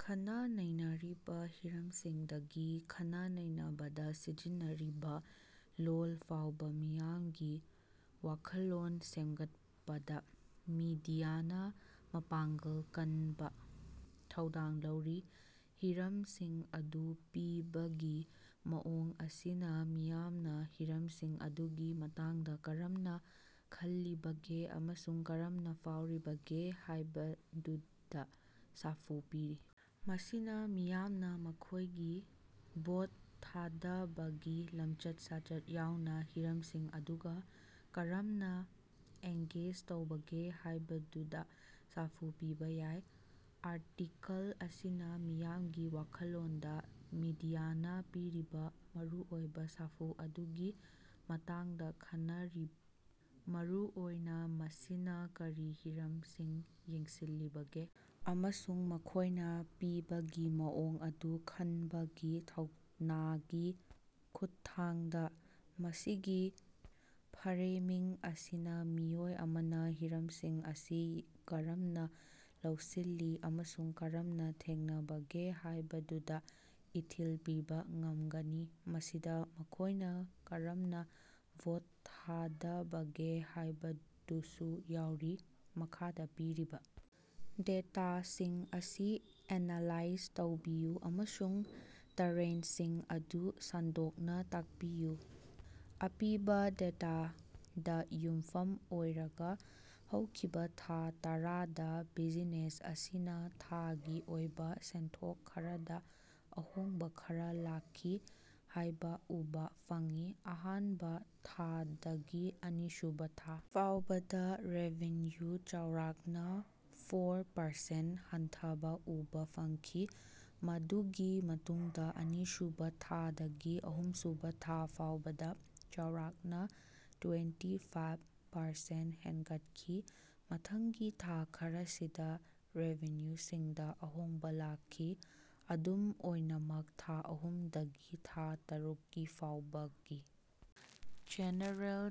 ꯈꯟꯅ ꯅꯩꯅꯔꯤꯕ ꯍꯤꯔꯝꯁꯤꯡꯗꯒꯤ ꯈꯟꯅ ꯅꯩꯅꯕꯗ ꯁꯤꯖꯤꯟꯅꯔꯤꯕ ꯂꯣꯜ ꯐꯥꯎꯕ ꯃꯤꯌꯥꯝꯒꯤ ꯋꯥꯈꯜꯂꯣꯟ ꯁꯦꯝꯒꯠꯄꯗ ꯃꯤꯗꯤꯌꯥꯅ ꯃꯄꯥꯡꯒꯜ ꯀꯟꯕ ꯊꯧꯗꯥꯡ ꯂꯧꯔꯤ꯫ ꯍꯤꯔꯝꯁꯤꯡ ꯑꯗꯨ ꯄꯤꯕꯒꯤ ꯃꯑꯣꯡ ꯑꯁꯤꯅ ꯃꯤꯌꯥꯝꯅ ꯍꯤꯔꯝꯁꯤꯡ ꯑꯗꯨꯒꯤ ꯃꯇꯥꯡꯗ ꯀꯔꯝꯅ ꯈꯜꯂꯤꯕꯒꯦ ꯑꯃꯁꯨꯡ ꯀꯔꯝꯅ ꯐꯥꯎꯔꯤꯕꯒꯦ ꯍꯥꯏꯕꯗꯨꯗ ꯁꯥꯐꯨ ꯄꯤꯔꯤ꯫ ꯃꯁꯤꯅ ꯃꯤꯌꯥꯝꯅ ꯃꯈꯣꯏꯒꯤ ꯚꯣꯠ ꯊꯥꯗꯕꯒꯤ ꯂꯝꯆꯠ ꯁꯥꯖꯠ ꯌꯥꯎꯅ ꯍꯤꯔꯝꯁꯤꯡ ꯑꯗꯨꯒ ꯀꯔꯝꯅ ꯑꯦꯡꯒꯦꯖ ꯇꯧꯕꯒꯦ ꯍꯥꯏꯕꯗꯨꯗ ꯁꯥꯐꯨ ꯄꯤꯕ ꯌꯥꯏ꯫ ꯑꯥꯔꯇꯤꯀꯜ ꯑꯁꯤꯅ ꯃꯤꯌꯥꯝꯒꯤ ꯋꯥꯈꯜꯂꯣꯟꯗ ꯃꯤꯗꯤꯌꯥꯅ ꯄꯤꯔꯤꯕ ꯃꯔꯨꯑꯣꯏꯕ ꯁꯥꯐꯨ ꯑꯗꯨꯒꯤ ꯃꯇꯥꯡꯗ ꯈꯟꯅꯔꯤ ꯃꯔꯨꯑꯣꯏꯅ ꯃꯁꯤꯅ ꯀꯔꯤ ꯍꯤꯔꯝꯁꯤꯡ ꯌꯦꯡꯁꯤꯜꯂꯤꯕꯒꯦ ꯑꯃꯁꯨꯡ ꯃꯈꯣꯏꯅ ꯄꯤꯕꯒꯤ ꯃꯑꯣꯡ ꯑꯗꯨ ꯈꯟꯕꯒꯤ ꯊꯧꯅꯥꯒꯤ ꯈꯨꯠꯊꯥꯡꯗ꯫ ꯃꯁꯤꯒꯤ ꯐꯔꯦꯃꯤꯡ ꯑꯁꯤꯅ ꯃꯤꯑꯣꯏ ꯑꯃꯅ ꯍꯤꯔꯝꯁꯤꯡ ꯑꯁꯤ ꯀꯔꯝꯅ ꯂꯧꯁꯤꯜꯂꯤ ꯑꯃꯁꯨꯡ ꯀꯔꯝꯅ ꯊꯦꯡꯅꯕꯒꯦ ꯍꯥꯏꯕꯗꯨꯗ ꯏꯊꯤꯜ ꯄꯤꯕ ꯉꯝꯒꯅꯤ ꯃꯁꯤꯗ ꯃꯈꯣꯏꯅ ꯀꯔꯝꯅ ꯚꯣꯠ ꯊꯥꯗꯕꯒꯦ ꯍꯥꯏꯕꯗꯨꯁꯨ ꯌꯥꯎꯔꯤ꯫ ꯃꯈꯥꯗ ꯄꯤꯔꯤꯕ ꯗꯦꯇꯥꯁꯤꯡ ꯑꯁꯤ ꯑꯦꯅꯥꯂꯥꯏꯖ ꯇꯧꯕꯤꯌꯨ ꯑꯃꯁꯨꯡ ꯇꯔꯦꯟꯁꯤꯡ ꯑꯗꯨ ꯁꯟꯗꯣꯛꯅ ꯇꯥꯛꯄꯤꯌꯨ꯫ ꯑꯄꯤꯕ ꯗꯦꯇꯥꯗ ꯌꯨꯝꯐꯝ ꯑꯣꯏꯔꯒ ꯍꯧꯈꯤꯕ ꯊꯥ ꯇꯔꯥ ꯗ ꯕꯤꯖꯤꯅꯦꯁ ꯑꯁꯤꯅ ꯊꯥꯒꯤ ꯑꯣꯏꯕ ꯁꯦꯟꯊꯣꯛ ꯈꯔꯗ ꯑꯍꯣꯡꯕ ꯈꯔ ꯂꯥꯛꯈꯤ ꯍꯥꯏꯕ ꯎꯕꯥ ꯐꯪꯏ꯫ ꯑꯍꯥꯟꯕ ꯊꯥꯗꯒꯤ ꯑꯅꯤꯁꯨꯕ ꯊꯥ ꯐꯥꯎꯕꯗ ꯔꯦꯚꯤꯟꯌꯨꯗ ꯆꯥꯎꯔꯥꯛꯅ ꯐꯣꯔ ꯄꯔꯁꯦꯟ ꯍꯟꯊꯕ ꯎꯕꯥ ꯐꯪꯈꯤ ꯃꯗꯨꯒꯤ ꯃꯇꯨꯡꯗ ꯑꯅꯤꯁꯨꯕ ꯊꯥꯗꯒꯤ ꯑꯍꯨꯝꯁꯨꯕ ꯊꯥ ꯐꯥꯎꯕꯗ ꯆꯥꯎꯔꯥꯛꯅ ꯇꯨꯏꯟꯇꯤ ꯐꯥꯞ ꯄꯔꯁꯦꯟ ꯍꯦꯟꯒꯠꯈꯤ꯫ ꯃꯊꯪꯒꯤ ꯊꯥ ꯈꯔꯁꯤꯗ ꯔꯦꯚꯤꯟꯌꯨꯁꯤꯡꯗ ꯑꯍꯣꯡꯕ ꯂꯥꯛꯈꯤ꯫ ꯑꯗꯨꯝ ꯑꯣꯏꯅꯃꯛ ꯊꯥ ꯑꯍꯨꯝꯗꯒꯤ ꯊꯥ ꯇꯔꯨꯛꯀꯤ ꯐꯥꯎꯕꯒꯤ ꯖꯦꯅꯔꯦꯜ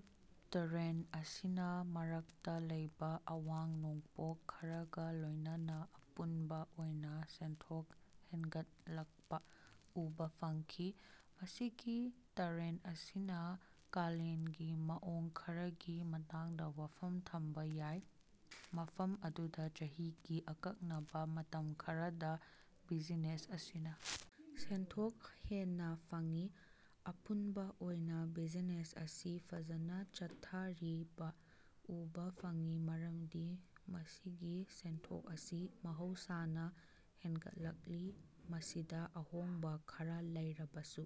ꯇꯔꯦꯟ ꯑꯁꯤꯅ ꯃꯔꯛꯇ ꯂꯩꯕ ꯑꯋꯥꯡ ꯅꯣꯡꯄꯣꯛ ꯈꯔꯒ ꯂꯣꯏꯅꯅ ꯑꯄꯨꯟꯕ ꯑꯣꯏꯅ ꯁꯦꯟꯊꯣꯛ ꯍꯦꯟꯒꯠꯂꯛꯄ ꯎꯕꯥ ꯐꯪꯈꯤ꯫ ꯃꯁꯤꯒꯤ ꯇꯔꯦꯟ ꯑꯁꯤꯅ ꯀꯥꯂꯦꯟꯒꯤ ꯃꯑꯣꯡ ꯈꯔꯒꯤ ꯃꯇꯥꯡꯗ ꯋꯥꯐꯝ ꯊꯝꯕ ꯌꯥꯏ ꯃꯐꯝ ꯑꯗꯨꯗ ꯆꯍꯤꯒꯤ ꯑꯀꯛꯅꯕꯥ ꯃꯇꯝ ꯈꯔꯗ ꯕꯤꯖꯤꯅꯦꯁ ꯑꯁꯤꯅ ꯁꯦꯟꯊꯣꯛ ꯍꯦꯟꯅ ꯐꯪꯏ꯫ ꯑꯄꯨꯟꯕ ꯑꯣꯏꯅ ꯕꯤꯖꯤꯅꯦꯁ ꯑꯁꯤ ꯐꯖꯅ ꯆꯠꯊꯔꯤꯕ ꯎꯕꯥ ꯐꯪꯏ ꯃꯔꯝꯗꯤ ꯃꯁꯤꯒꯤ ꯁꯦꯟꯊꯣꯛ ꯑꯁꯤ ꯃꯍꯧꯁꯥꯅ ꯍꯦꯟꯒꯠꯂꯛꯂꯤ ꯃꯁꯤꯗ ꯑꯍꯣꯡꯕ ꯈꯔꯥ ꯂꯩꯔꯕꯁꯨ꯫